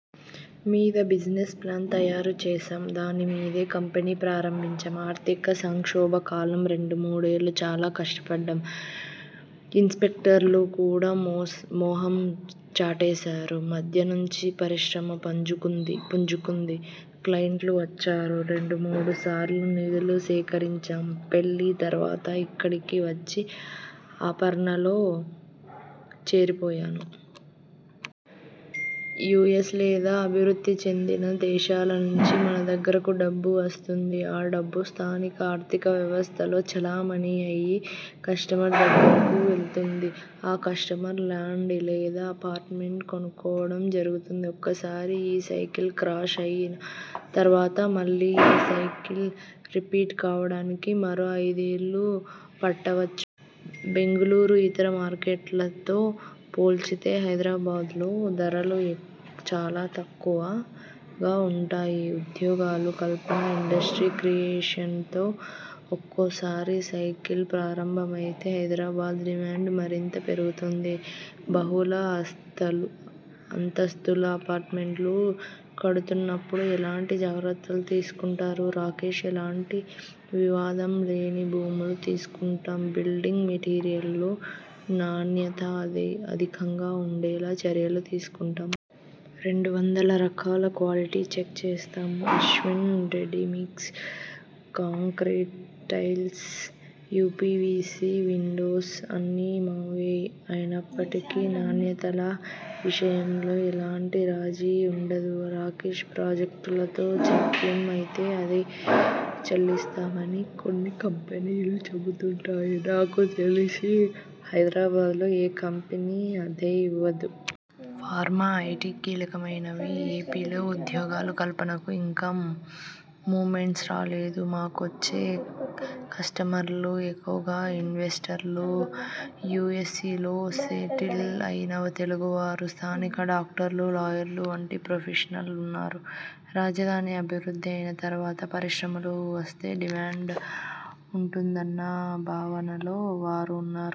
మీద business plan తయారు చేశాం. దాని మీదే కంపెనీ ప్రారంభించాం. ఆర్థిక సంక్షోభ కాలం రెండు మూడేళ్లు చాలా కష్టపడ్డాం. ఇన్వెస్టర్లు కూడా మొహం చాటేశారు. మధ్య నుంచి పరిశ్రమ పుంజుకుంది. క్లయింట్లు వచ్చారు. రెండు మూడుసార్లు నిధులు సేకరించాం. పెళ్లి తర్వాత ఇక్కడికి వచ్చి అపర్ణలో చేరిపోయాను. యుఎస్ లేదా అభివృద్ధి చెందిన దేశాల నుంచి మన దగ్గరకు డబ్బు వస్తుంది. ఆ డబ్బు స్థానిక ఆర్థిక వ్యవస్థలో చలామణి అయి కస్టమర్ దగ్గరకు వెళుతుంది. ఆ కస్టమర్ లాండ్ లేదా అపార్ట్మెంట్ కొనుక్కోవడం జరుగుతుంది. ఒకసారి ఈ సైకిల్ క్రాష్ అయిన తర్వాత మళ్లీ ఈ సైకిల్ రిపీట్ కావడానికి మరో ఐదేళ్లు పట్టవచ్చ. బెంగళూరు ఇతర మార్కెట్లతో పోల్చితే హైదరాబాద్లో ధరలు చాలా తక్కువగా ఉంటాయి. ఉద్యోగాల కల్పన, ఇండస్ట్రీ క్రియేషన్తో ఒక్కసారి సైకిల్ ప్రారంభమైతే హైదరాబాద్ డిమాండ్ మరింతగా పెరుగుతుంది. బహుళ అస్తాలు అంతస్తుల అపార్ట్మెంట్లు కడుతున్నప్పుడు ఎలాంటి జాగ్రత్తలు తీసుకుంటారు? రాకేష్ ఎలాంటి వివాదంలేని భూములు తీసుకుంటాం, బిల్డింగ్ మెటీరియల్లో నాణ్యత అది అధికంగా ఉండేలా చర్యలు తీసుకుంటాం. రెండు వందల రకాల క్వాలిటీ చెక్స్ చేస్తాం. Ashwin ready mix concrete, tiles, UPVC windows అన్నీ మావే. అయినప్పటికీ నాణ్యతల విషయంలో ఎలాంటి రాజీ ఉండదు. రాకేష్ ప్రాజెక్టులో జాప్యం అయితే అద్దె చెల్లిస్తామని కొన్ని కంపెనీలు చెబుతుంటాయి. నాకు తెలిసి హైదరాబాద్లో ఏ కంపెనీ అద్దె ఇవ్వదు. Pharma, IT కీలకమైనవి. ఎపిలో ఉద్యోగాల కల్పనకు ఇంకా మూమెంటమ్ రాలేదు. మాకొచ్చే కస్టమర్లు ఎక్కువగా ఇన్వెస్టర్లు. యుఎ్సలో సెటిల్ అయిన తెలుగు వారు, స్థానిక డాక్టర్లు, లాయర్లు వంటి ప్రొఫెషనల్స్ ఉన్నారు. రాజధాని అభివృద్ధి అయిన తర్వాత పరిశ్రమలు వస్తే డిమాండ్ ఉంటుందన్న భావనలో వారు ఉన్నారు.